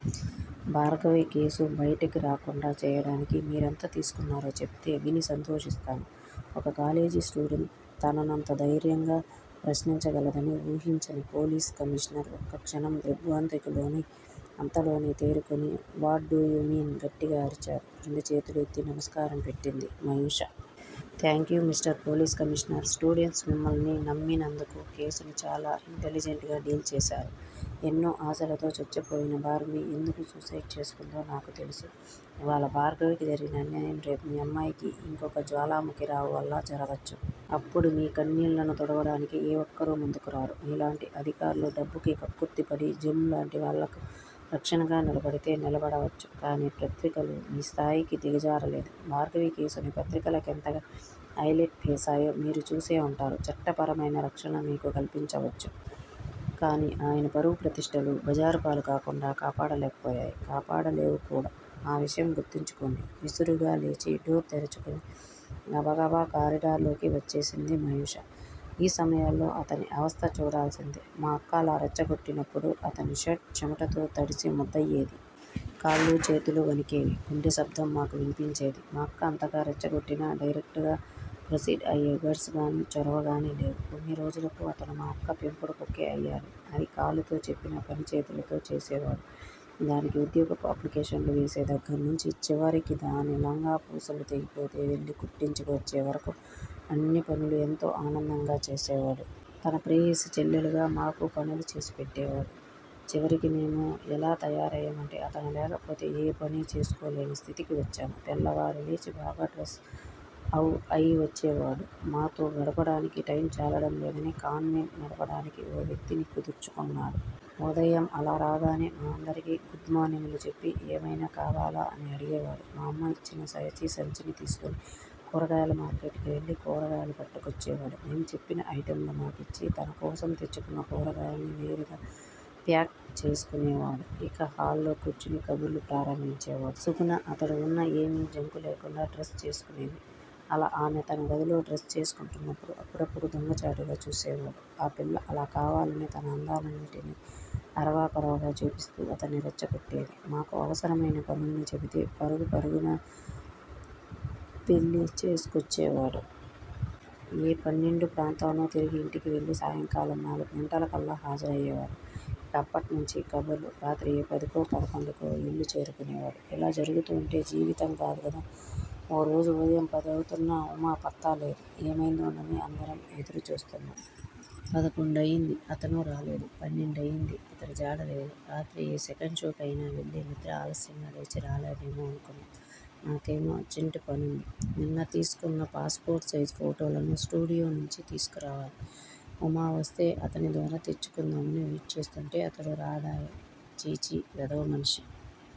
Bhargavi case బయటకు రాకుండా చేయడానికి మీరెంత తీసుకున్నారో చెప్తే విని సంతోషిస్తాను ఒక కాలేజీ స్టూడెంట్ తననంత ధైర్యంగా ప్రస్నించగలదని ఊహించని పోలీస్ కమీషనర్ ఒక్కక్షణం దిగ్బ్రాంతికి లోనై అంతలోనే తేరుకొని వాట్ డూ యు మీన్ గట్టిగా అరిచాడు. రెండు చేతులు ఎత్తి నమస్కారం పెట్టింది Mayusha. Thank you mister police commissioner students మిమ్మల్ని నమ్మినందుకు కేసుని చాలా ఇంటెలిజెంట్ గా డీల్ చేసారు. ఎన్నో ఆశలతో చచ్చిపోయిన భార్గవి ఎందుకు సూసైడ్ చేసుకుందో నాకు తెలుసు. ఇవాళ భార్గవికి జరిగిన అన్యాయం రేపు మీ అమ్మాయికి, ఇంకొక జ్వాలాముఖిరావు వల్ల జరగొచ్చు. అప్పుడు మీ కన్నీళ్ళను తుడవడానికి ఏ ఒక్కరూ ముందుకురారు మీలాంటి అధికార్లు డబ్బుకి కక్కుర్తిపడి జెమ్ లాంటి వాళ్ళకు రక్షణగా నిలబడితే నిలబడవచ్చు. కానీ పత్రికలు మీ స్థాయికి దిగజారలేదు. భార్గవి కేసుని పత్రికల కెంతగా హైలెట్ వేసాయో మీరు చూసే వుంటారు, చట్టపరమైన రక్షణ మీకు కల్పించవచ్చు. కానీ ఆయన పరువు, ప్రతిష్టలు బజారు పాలు కాకుండా కాపాడలేకపోయాయి, కాపాడలేవుకూడా ఆ విషయం గుర్తుంచుకోండి విసురుగా లేచి డోర్ తెరచుకుని గబగబా కారిడార్లోకి వచ్చేసింది మయూష. ఈ సమయాల్లో అతని అవస్థ చూడాల్సిందే. మా అక్క అలా రెచ్చగొట్టినప్పుడు అతని షర్ట్ చెమటతో తడిసి ముద్దయ్యేది. కాళ్ళూ చేతులూ వణికేవి. గుండె శబ్దం మాకు విన్పించేది. మా అక్క అంతగా రెచ్చగొట్టినా డైరెక్టుగా ప్రొసీడ్ అయ్యే గట్స్ గానీ- చొరవగానీ లేవు. కొన్నిరోజులకు అతను మా అక్క పెంపుడు కుక్కే అయ్యాడు. అది కాలుతో చెప్పిన పని చేతులతో చేసేవాడు దానికి ఉద్యోగపు అప్లికేషన్లు వేసే దగ్గర్నుంచి చివరికి దాని లంగా పూసులు తెగిపోతే వెళ్ళి కుట్టించుకు వచ్చే వరకు అన్ని పనులు ఎంతో ఆనందంగా చేసేవాడు. తన ప్రేయసి చెల్లెళ్ళుగా మాకూ పనులు చేసేపెట్టేవాడు. చివరికి మేము యెలా తయారయ్యామంటే అతను లేకపోతే ఏ పనీ చేసుకోలేని స్థితికి వచ్చాము. తెల్లవారి లేచి బాగా డ్రస్ అవ్ అయి వచ్చేవాడు. మాతో గడపడానికి టైమ్ చాలడం లేదని కాన్వెంట్ నడపడానికి ఓ వ్యక్తిని కుదుర్చుకున్నాడు. ఉదయం అలా రాగానే మా అందరికీ గుడ్ మార్నింగ్ లు చెప్పి ఏమైనా కావాలా అని అడిగేవాడు. మా అమ్మ యిచ్చిన చేతిసంచిని తీసుకుని కూరగాయల మార్కెట్ కి వెళ్ళి కూరగాయలు పట్టుకొచ్చేవాడు. మేము చెప్పిన ఐటమ్ లు మాకిచ్చి, తనకోసం తెచ్చుకున్న కూరగాయల్ని వేరుగా ప్యాక్ చేసుకునేవాడు ఇక హాల్లో కూర్చుని కబుర్లు ప్రారంభించేవాడు. సుగుణ అతడు వున్న ఏమీ జంకు లేకుండా డ్రస్ చేసుకునేది. అలా ఆమె తన గదిలో డ్రస్ చేసుకుంటున్నప్పుడు అప్పుడప్పుడూ దొంగచాటుగా చూసేవాడు. ఆ పిల్లా అలా కావాలనే తన అందాలన్నిటినీ అరవా కొరవగా చూపిస్తూ అతన్ని రెచ్చగొట్టేది. మాకు అవసరమైన పనుల్ని చెబితే పరుగు పరుగున పెళ్ళి చేసుకోచ్చేవాడు. ఏ పన్నెండు ప్రాంతానో తిరిగి ఇంటికి వెళ్ళి సాయంకాలం నాలుగు గంటలకల్లా హాజరయ్యేవాడు. ఇక అప్పట్నుంచీ కబుర్లు. రాత్రి ఏ పదికో, పదకొండుకో ఇల్లు చేరుకునేవాడు. ఇలా జరుగుతూ వుంటే జీవితం కాదు గదా. ఓరోజు ఉదయం పది అవుతున్నా ఉమా పత్తా లేదు ఏమైందోనని అందరం ఎదురుచూస్తున్నాం. పదకొండు అయ్యింది. అతను రాలేదు పన్నెండయ్యింది. అతని జాడలేదు. రాత్రి ఏ సెకండ్ షోకి అయినా వెళ్ళి నిద్ర ఆలస్యంగా లేచి రాలేదేమో అనుకున్నాం. నాకేమో అర్జెంట్ పనుంది. నిన్న తీసుకున్న పాస్ పోర్టు సైజు ఫోటోలను స్టూడియో నుంచి తీసుకురావాలి. ఉమా వస్తే అతని ద్వారా తెచ్చుకుందామని వెయిట్ చేస్తుంటే అతడు రాడాయె. ఛీఛీ వెధవ మనిషి.